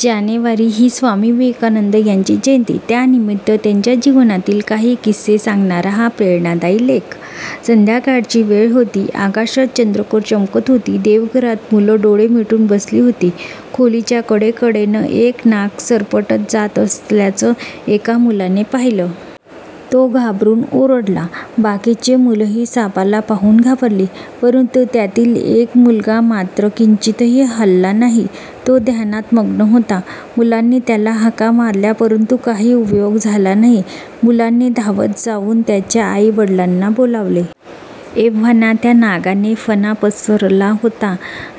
जानेवारी ही स्वामी विवेकानंद यांची जयंती. त्यानिमित्त त्यांच्या जीवनातील काही किस्से सांगणारा हा प्रेरणादायी लेख- संध्याकाळची वेळ होती. आकाशात चंद्रकोर चमकत होती. देवघरात मुलं डोळे मिटून बसून होती. खोलीच्या कडेकडेनं एक नाग सरपटत जात असल्याचं एका मुलाने पाहिलं. तो घाबरून ओरडला. बाकीची मुलंही सापाला पाहून घाबरली. परंतु त्यातील एक मुलगा मात्र किंचितही हलला नाही. तो ध्यानात मग्न होता. मुलांनी त्याला हाका मारल्या. परंतु काही उपयोग झाला नाही. मुलांनी धावत जाऊन त्याच्या आई-वडिलांना बोलावले. एव्हाना त्या नागाने फणा पसरला होता.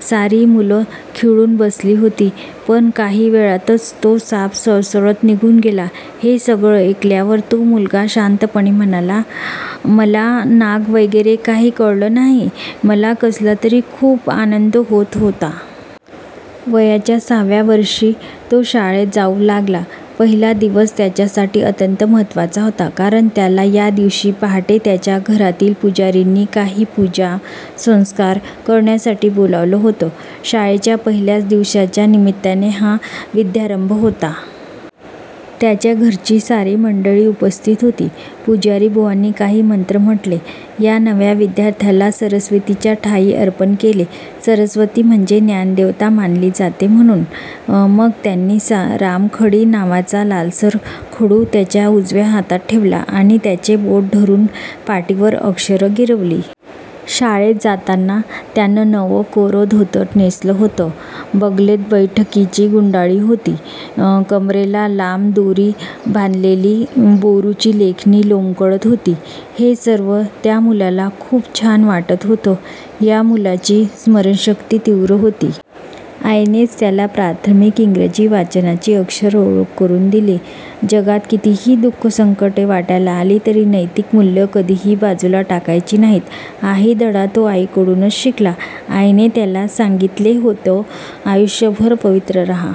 सारी मुले खिळून बसली होती. पण काही वेळातच तो साप सळसळत निघून गेला. हे सगळे ऐकल्यावर तो मुलगा शांतपणे म्हणाला, "मला नाग वगैरे काही कळलं नाही. मला कसला तरी खूप आनंद होत होता. " वयाच्या सहाव्या वर्षी तो शाळेत जाऊ लागला. पहिला दिवस त्याच्यासाठी अत्यंत महत्त्वाचा होता. कारण त्याला या दिवशी पहाटे त्याच्या घरातील पुजारींनी काही पूजा, संस्कार करण्यासाठी बोलावलं होतं. शाळेच्या पहिल्याच दिवसाच्या निमित्ताने हा विद्यारंभ होता. त्याची घरची सारी मंडळी उपस्थित होती. पुजारीबुवांनी काही मंत्र म्हटले. या नव्या विद्यार्थ्याला सरस्वतीच्या ठायी अर्पण केले. सरस्वती म्हणजे ज्ञानदेवता मानली जाते म्हणून! मग त्यांनी 'रामखडी' नावाचा लालसर खडू त्याच्या उजव्या हातात ठेवला आणि त्याचे बोट धरून पाटीवर अक्षरं गिरविली. शाळेत जाताना त्यानं नवं कोरं धोतर नेसलं होतं. बगलेत बैठकीची गुंडाळी होती. कमरेला लांब दोरी बांधलेली बोरूची लेखणी लोंबकळत होती. हे सर्व त्या मुलाला खूप छान वाटत होतं. या मुलाची स्मरणशक्ती तीव्र होती. आईनेच त्याला प्राथमिक इंग्रजी वाचनाची अक्षरओळख करून दिली. जगात कितीही दु:ख, संकटे वाट्याला आली तरी नैतिक मूल्यं कधीही बाजूला टाकायची नाहीत, हाही धडा तो आईकडूनच शिकला. आईने त्याला सांगितले होतं, 'आयुष्यभर पवित्र राहा.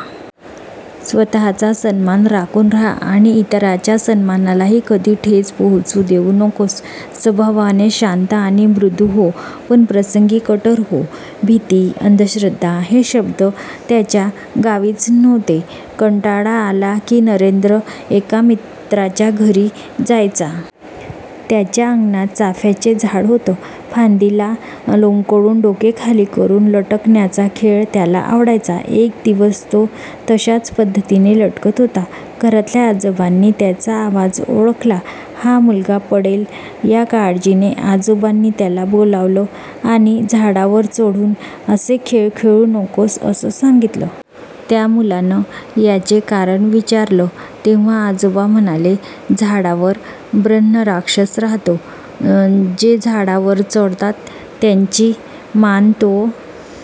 स्वत:चा सन्मान राखून राहा आणि इतरांच्या सन्मानालाही कधी ठेच पोहोचू देऊ नकोस. स्वभावाने शांत आणि मृदू हो. पण प्रसंगी कठोर हो. ' भीती, अंधश्रद्धा हे शब्द त्याच्या गावीच नव्हते. कंटाळा आला की, नरेंद्र एका मित्राच्या घरी जायचा. त्याच्या अंगणात चाफ्याचे झाड होते. फांदीला लोंबकळून डोके खाली करून लटकण्याचा खेळ त्याला आवडायचा. एक दिवस तो तशाच पद्धतीने लटकत होता. घरातल्या आजोबांनी त्याचा आवाज ओळखला. हा मुलगा पडेल, या काळजीने आजोबांनी त्याला बोलावलं आणि 'झाडावर चढून असे खेळ खेळू नकोस' असं सांगितलं. त्या मुलाने याचे कारण विचारलं. तेव्हा आजोबा म्हणाले, "झाडावर ब्रह्मराक्षस राहतो. जे झाडावर चढतात त्यांची मान तो